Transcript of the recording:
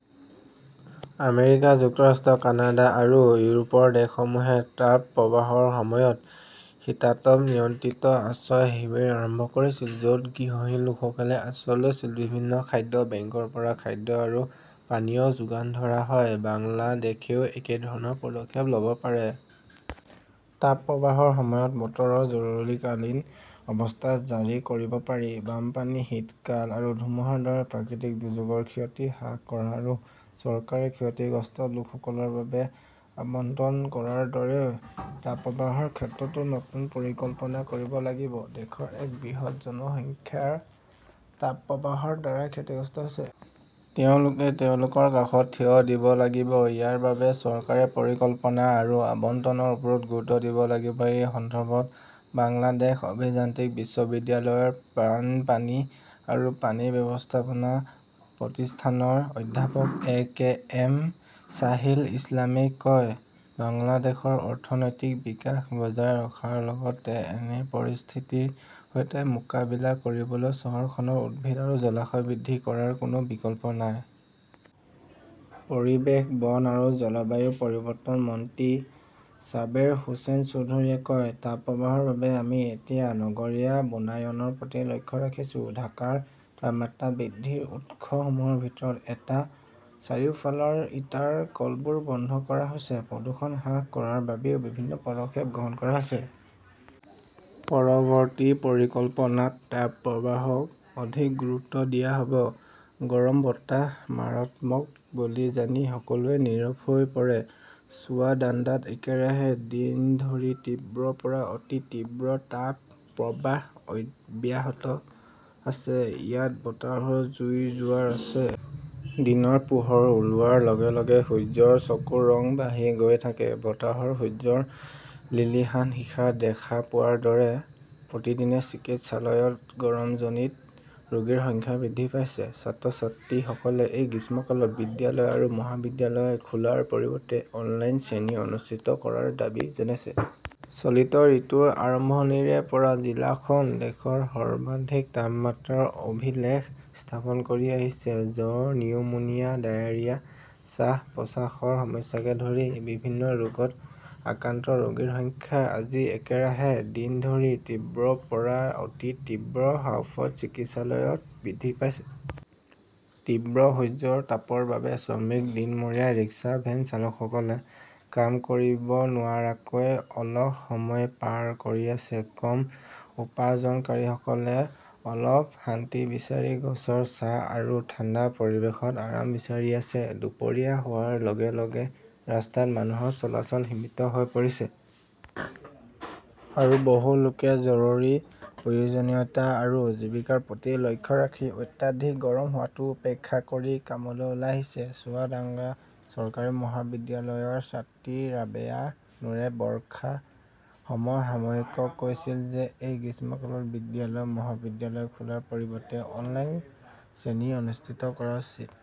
America যুক্তৰাষ্ট্ৰ, Canada আৰু ইউৰোপৰ দেশসমূহে তাপপ্ৰবাহৰ সময়ত শীতাতপ নিয়ন্ত্ৰিত আশ্ৰয় শিবিৰ আৰম্ভ কৰিছিল, য 'ত গৃহহীন লোকসকলে আশ্ৰয় লৈছিল। বিভিন্ন খাদ্য-বেংকৰ পৰা খাদ্য আৰু পানীয় যোগান ধৰা হয়। বাংলাদেশেও একেধৰণৰ পদক্ষেপ লʼব পাৰে। তাপপ্ৰবাহৰ সময়ত বতৰৰ জৰুৰীকালীন অৱস্থা জাৰি কৰিব পাৰি। বানপানী, শীতকাল আৰু ধুমুহাৰ দৰে প্ৰাকৃতিক দুৰ্যোগৰ ক্ষতি হ্ৰাস কৰা আৰু চৰকাৰে ক্ষতিগ্ৰস্ত লোকসকলৰ বাবে আবণ্টন কৰাৰ দৰে তাপপ্ৰবাহৰ ক্ষেত্ৰতো নতুন পৰিকল্পনা কৰিব লাগিব। দেশৰ এক বৃহৎ জনসংখ্যা তাপপ্ৰবাহৰ দ্বাৰা ক্ষতিগ্ৰস্ত হৈছে। তেওঁলোকে তেওঁলোকৰ কাষত থিয় দিব লাগিব। ইয়াৰ বাবে চৰকাৰে পৰিকল্পনা আৰু আবণ্টনৰ ওপৰত গুৰুত্ব দিব লাগিব। এই সন্দৰ্ভত বাংলাদেশ অভিযান্ত্ৰিক বিশ্ববিদ্যালয়ৰ বানপানী আৰু পানী ব্যৱস্থাপনা প্ৰতিষ্ঠানৰ অধ্যাপক এ. কে. এম. ছাহিল ইছলামই কয়, বাংলাদেশৰ অৰ্থনৈতিক বিকাশ বজাই ৰখাৰ লগতে এনে পৰিস্থিতিৰ সৈতে মোকাবিলা কৰিবলৈ চহৰখনত উদ্ভিদ আৰু জলাশয় বৃদ্ধি কৰাৰ কোনো বিকল্প নাই। পৰিৱেশ, বন আৰু জলবায়ু পৰিৱৰ্তন মন্ত্ৰী ছাবেৰ হোসেন চৌধুৰীয়ে কয়, তাপপ্ৰবাহৰ বাবে আমি এতিয়া নগৰীয়া বনায়নৰ প্ৰতি লক্ষ্য ৰাখিছো। ঢাকাৰ তাপমাত্ৰা বৃদ্ধিৰ উৎসসমূহৰ ভিতৰত এটা, চাৰিওফালৰ ইটাৰ কলবোৰ বন্ধ কৰা হৈছে; প্ৰদূষণ হ্ৰাস কৰাৰ বাবেও বিভিন্ন পদক্ষেপ গ্ৰহণ কৰা হৈছে। পৰৱৰ্তী পৰিকল্পনাত তাপ প্ৰবাহক অধিক গুৰুত্ব দিয়া হ 'ব। গৰম বতাহ মাৰাত্মক বুলি জানি সকলোৱে নীৰৱ হৈ পৰে চুৱাদাঙ্গাত একেৰাহে দিন ধৰি তীব্ৰ পৰা অতি তীব্ৰ তাপপ্ৰবাহ অব্যাহত আছে। ইয়াত বতাহত জুইৰ জোৱাৰ আছে। দিনৰ পোহৰ ওলোৱাৰ লগে লগে সূৰ্যৰ চকুৰ ৰং বাঢ়ি গৈ থাকে। বতাহত সূৰ্যৰ লিলিহান শিখা দেখা পোৱাৰ দৰে। প্ৰতিদিনে চিকিৎসালয়ত গৰমজনিত ৰোগীৰ সংখ্যা বৃদ্ধি পাইছে। ছাত্ৰ-ছাত্ৰীসকলে এই গ্ৰীষ্মকালত বিদ্যালয় আৰু মহাবিদ্যালয় খোলাৰ পৰিৱৰ্তে অনলাইন শ্ৰেণী অনুষ্ঠিত কৰাৰ দাবী জনাইছে। চলিত ঋতুৰ আৰম্ভণিৰে পৰা জিলাখন দেশৰ সৰ্বাধিক তাপমাত্ৰাৰ অভিলেখ স্থাপন কৰি আহিছে। জ্বৰ, নিউমোনিয়া, ডায়েৰিয়া, শ্বাস-প্ৰশ্বাসৰ সমস্যাকে ধৰি বিভিন্ন ৰোগত আক্ৰান্ত ৰোগীৰ সংখ্যা আজি একেৰাহে দিন ধৰি তীব্ৰ পৰা অতি তীব্ৰ হাঁওফাঁওত চিকিৎসালয়ত বৃদ্ধি পাইছে। তীব্ৰ সূৰ্যৰ তাপৰ বাবে শ্ৰমিক, দিনমৰীয়া, ৰিক্সা-ভেন চালকসকলে কাম কৰিব নোৱাৰাকৈ অলস সময় পাৰ কৰি আছে। কম উপাৰ্জনকাৰীসকলে অলপ শান্তি বিচাৰি গছৰ ছাঁ আৰু ঠাণ্ডা পৰিৱেশত আৰাম বিচাৰি আছে। দুপৰীয়া হোৱাৰ লগে লগে ৰাস্তাত মানুহৰ চলাচল সীমিত হৈ পৰিছে। আৰু বহু লোকে জৰুৰী প্ৰয়োজনীয়তা আৰু জীৱিকাৰ প্ৰতি লক্ষ্য ৰাখি অত্যাধিক গৰম হোৱাটো উপেক্ষা কৰি কামলৈ ওলাই আহিছে। চুৱাদাঙ্গা চৰকাৰী মহাবিদ্যালয়ৰ ছাত্ৰী ৰাবেয়া নুৰে বৰ্ষা সমসাময়িকক কৈছিল যে এই গ্ৰীষ্মকালত বিদ্যালয় মহাবিদ্যালয় খোলাৰ পৰিৱৰ্তে অনলাইন শ্ৰেণী অনুষ্ঠিত কৰা উচিত।